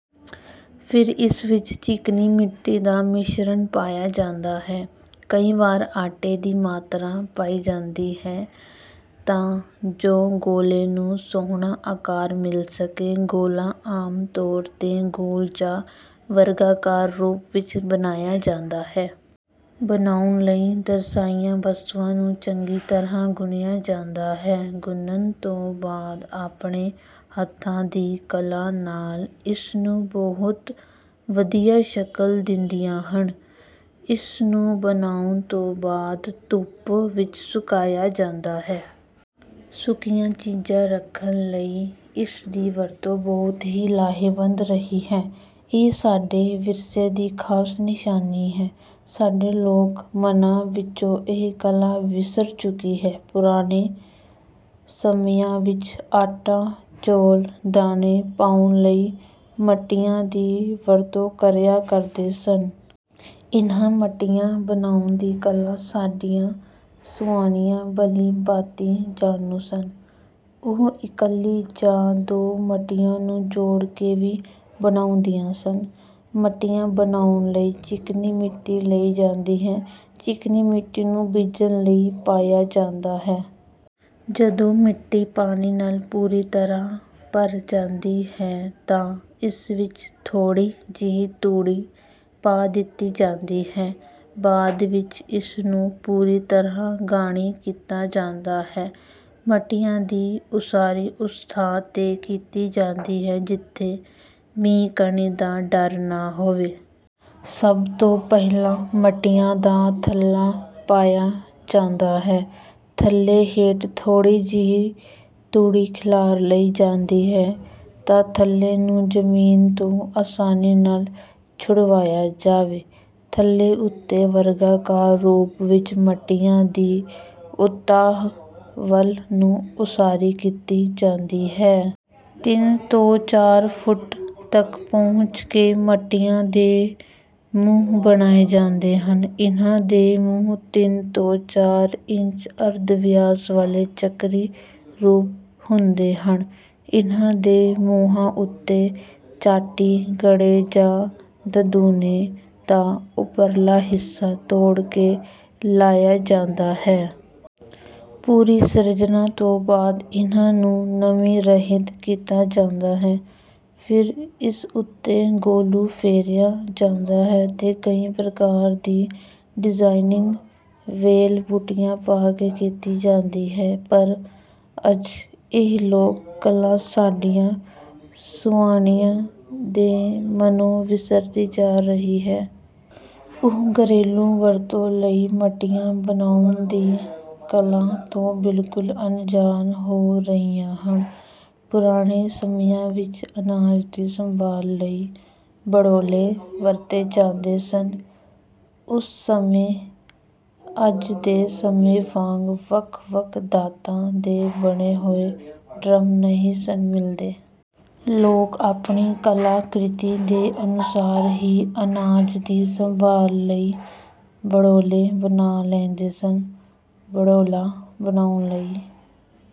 ਫਿਰ ਇਸ ਵਿੱਚ ਚੀਕਣੀ ਮਿੱਟੀ ਦਾ ਮਿਸ਼ਰਣ ਪਾਇਆ ਜਾਂਦਾ ਹੈ। ਕਈ ਵਾਰ ਆਟੇ ਦੀ ਮਾਤਰਾ ਪਾਈ ਜਾਂਦੀ ਹੈ ਤਾਂ ਜੋ ਗੋਲੇ ਨੂੰ ਸੋਹਣਾ ਆਕਾਰ ਮਿਲ ਸਕੇ। ਗੋਲਾ ਆਮ ਤੌਰ ਤੇ ਗੋਲ ਜਾਂ ਵਰਗਾਕਾਰ ਰੂਪ ਵਿੱਚ ਬਣਾਇਆ ਜਾਂਦਾ ਹੈ। ਬਣਾਉਣ ਲਈ ਦਰਸਾਈਆਂ ਵਸਤੂਆਂ ਨੂੰ ਚੰਗੀ ਤਰ੍ਹਾਂ ਗੁੰਨਿਆ ਜਾਂਦਾ ਹੈ। ਗੁੰਨਣ ਤੋਂ ਬਾਅਦ ਆਪਣੇ ਹੱਥਾਂ ਦੀ ਕਲਾ ਨਾਲ ਇਸ ਨੂੰ ਬਹੁਤ ਵਧੀਆ ਸ਼ਕਲ ਦਿੰਦੀਆਂ ਹਨ। ਇਸ ਨੂੰ ਬਣਾਉਣ ਤੋਂ ਬਾਅਦ ਧੁੱਪ ਵਿੱਚ ਸੁਕਾਇਆ ਜਾਂਦਾ ਹੈ। ਸੁੱਕੀਆਂ ਚੀਜ਼ਾਂ ਰੱਖਣ ਲਈ ਇਸ ਦੀ ਵਰਤੋਂ ਬਹੁਤ ਹੀ ਲਾਹੇਵੰਦ ਰਹੀ ਹੈ। ਇਹ ਸਾਡੇ ਵਿਰਸੇ ਦੀ ਖਾਸ ਨਿਸ਼ਾਨੀ ਹੈ। ਸਾਡੇ ਲੋਕ ਮਨਾਂ ਵਿੱਚੋਂ ਇਹ ਕਲਾ ਵਿਸਰ ਚੁੱਕੀ ਹੈ। ਪੁਰਾਣੇ ਸਮਿਆਂ ਵਿੱਚ ਆਟਾ ਚੌਲ ਦਾਣੇ ਪਾਉਣ ਲਈ ਮੱਟੀਆਂ ਦੀ ਵਰਤੋਂ ਕਰਿਆ ਕਰਦੇ ਸਨ। ਇਨ੍ਹਾਂ ਮੱਟੀਆਂ ਬਣਾਉਣ ਦੀ ਕਲਾ ਸਾਡੀਆਂ ਸੁਆਣੀਆਂ ਭਲੀ ਭਾਂਤੀ ਜਾਣੂ ਸਨ। ਉਹ ਇਕੱਲੀ ਜਾਂ ਦੋ ਮੱਟੀਆਂ ਨੂੰ ਜੋੜ ਕੇ ਵੀ ਬਣਾਉਂਦੀਆਂ ਸਨ। ਮੱਟੀਆਂ ਬਣਾਉਣ ਲਈ ਚੀਕਣੀ ਮਿੱਟੀ ਲਈ ਜਾਂਦੀ ਹੈ। ਚੀਕਣੀ ਮਿੱਟੀ ਨੂੰ ਭਿੱਜਣ ਲਈ ਪਾਇਆ ਜਾਂਦਾ ਹੈ। ਜਦੋਂ ਮਿੱਟੀ ਪਾਣੀ ਨਾਲ ਪੂਰੀ ਤਰ੍ਹਾਂ ਭਰ ਜਾਂਦੀ ਹੈ ਤਾਂ ਇਸ ਵਿੱਚ ਥੋੜ੍ਹੀ ਜਿਹੀ ਤੂੜੀ ਪਾ ਦਿੱਤੀ ਜਾਂਦੀ ਹੈ। ਬਾਅਦ ਵਿੱਚ ਇਸ ਨੂੰ ਪੂਰੀ ਤਰ੍ਹਾਂ ਘਾਣੀ ਕੀਤਾ ਜਾਂਦਾ ਹੈ। ਮੱਟੀਆਂ ਦੀ ਉਸਾਰੀ ਉਸ ਥਾਂ ਤੇ ਕੀਤੀ ਜਾਂਦੀ ਹੈ ਜਿੱਥੇ ਮੀਂਹ ਕਣੀ ਦਾ ਡਰ ਨਾ ਹੋਵੇ। ਸਭ ਤੋਂ ਪਹਿਲਾਂ ਮੱਟੀਆਂ ਦਾ ਥੱਲਾ ਪਾਇਆ ਜਾਂਦਾ ਹੈ। ਥੱਲੇ ਹੇਠ ਥੋੜ੍ਹੀ ਜਿਹੀ ਤੂੜੀ ਖਿਲਾਰ ਲਈ ਜਾਂਦੀ ਹੈ ਤਾਂ ਥੱਲੇ ਨੂੰ ਜ਼ਮੀਨ ਤੋਂ ਆਸਾਨੀ ਨਾਲ ਛੁਡਵਾਇਆ ਜਾਵੇ। ਥੱਲੇ ਉੱਤੇ ਵਰਗਾਕਾਰ ਰੂਪ ਵਿੱਚ ਮੱਟੀਆਂ ਦੀ ਉਤਾਂਹ ਵੱਲ ਨੂੰ ਉਸਾਰੀ ਕੀਤੀ ਜਾਂਦੀ ਹੈ। ਤਿੰਨ ਤੋਂ ਚਾਰ ਫੁੱਟ ਤੱਕ ਪਹੁੰਚ ਕੇ ਮੱਟੀਆਂ ਦੇ ਮੂੰਹ ਬਣਾਏ ਜਾਂਦੇ ਹਨ। ਇਨ੍ਹਾਂ ਦੇ ਮੂੰਹ ਤਿੰਨ ਤੋਂ ਚਾਰ ਇੰਚ ਅਰਧ ਵਿਆਸ ਵਾਲੇ ਚੱਕਰੀ ਰੂਪ ਹੁੰਦੇ ਹਨ। ਇਨ੍ਹਾਂ ਦੇ ਮੂੰਹਾਂ ਉੱਤੇ ਚਾਟੀ ਘੜੇ ਜਾਂ ਦਧੂਨੇ ਦਾ ਉਪਰਲਾ ਹਿੱਸਾ ਤੋੜ ਕੇ ਲਾਇਆ ਜਾਂਦਾ ਹੈ। ਪੂਰੀ ਸਿਰਜਣਾ ਤੋਂ ਬਾਅਦ ਇਨ੍ਹਾਂ ਨੂੰ ਨਮੀ ਰਹਿਤ ਕੀਤਾ ਜਾਂਦਾ ਹੈ। ਫਿਰ ਇਸ ਉੱਤੇ ਗੋਲੂ ਫੇਰਿਆ ਜਾਂਦਾ ਹੈ ਤੇ ਕਈ ਪ੍ਰਕਾਰ ਦੀ ਡਿਜ਼ਾਇਨਿੰਗ ਵੇਲ ਬੂਟੀਆਂ ਪਾ ਕੇ ਕੀਤੀ ਜਾਂਦੀ ਹੈ। ਪਰ ਅੱਜ ਇਹ ਲੋਕ ਕਲਾ ਸਾਡੀਆਂ ਸੁਆਣੀਆਂ ਦੇ ਮਨੋਂ ਵਿਸਰਦੀ ਜਾ ਰਹੀ ਹੈ। ਉਹ ਘਰੇਲੂ ਵਰਤੋਂ ਲਈ ਮੱਟੀਆਂ ਬਣਾਉਣ ਦੀ ਕਲਾ ਤੋਂ ਬਿਲਕੁਲ ਅਣਜਾਣ ਹੋ ਰਹੀਆਂ ਹਨ। ਪੁਰਾਣੇ ਸਮਿਆਂ ਵਿੱਚ ਅਨਾਜ ਦੀ ਸੰਭਾਲ ਲਈ ਭੜੋਲੇ ਵਰਤੇ ਜਾਂਦੇ ਸਨ। ਉਸ ਸਮੇਂ ਅੱਜ ਦੇ ਸਮੇਂ ਵਾਂਗ ਵੱਖ ਵੱਖ ਧਾਤਾਂ ਦੇ ਬਣੇ ਹੋਏ ਡਰੰਮ ਨਹੀਂ ਸਨ ਮਿਲਦੇ। ਲੋਕ ਆਪਣੀ ਕਲਾ ਕ੍ਰਿਤੀ ਦੇ ਅਨੁਸਾਰ ਹੀ ਅਨਾਜ ਦੀ ਸੰਭਾਲ ਲਈ ਭੜੋਲੇ ਬਣਾ ਲੈਂਦੇ ਸਨ। ਭੜੋਲਾ ਬਣਾਉਣ ਲਈ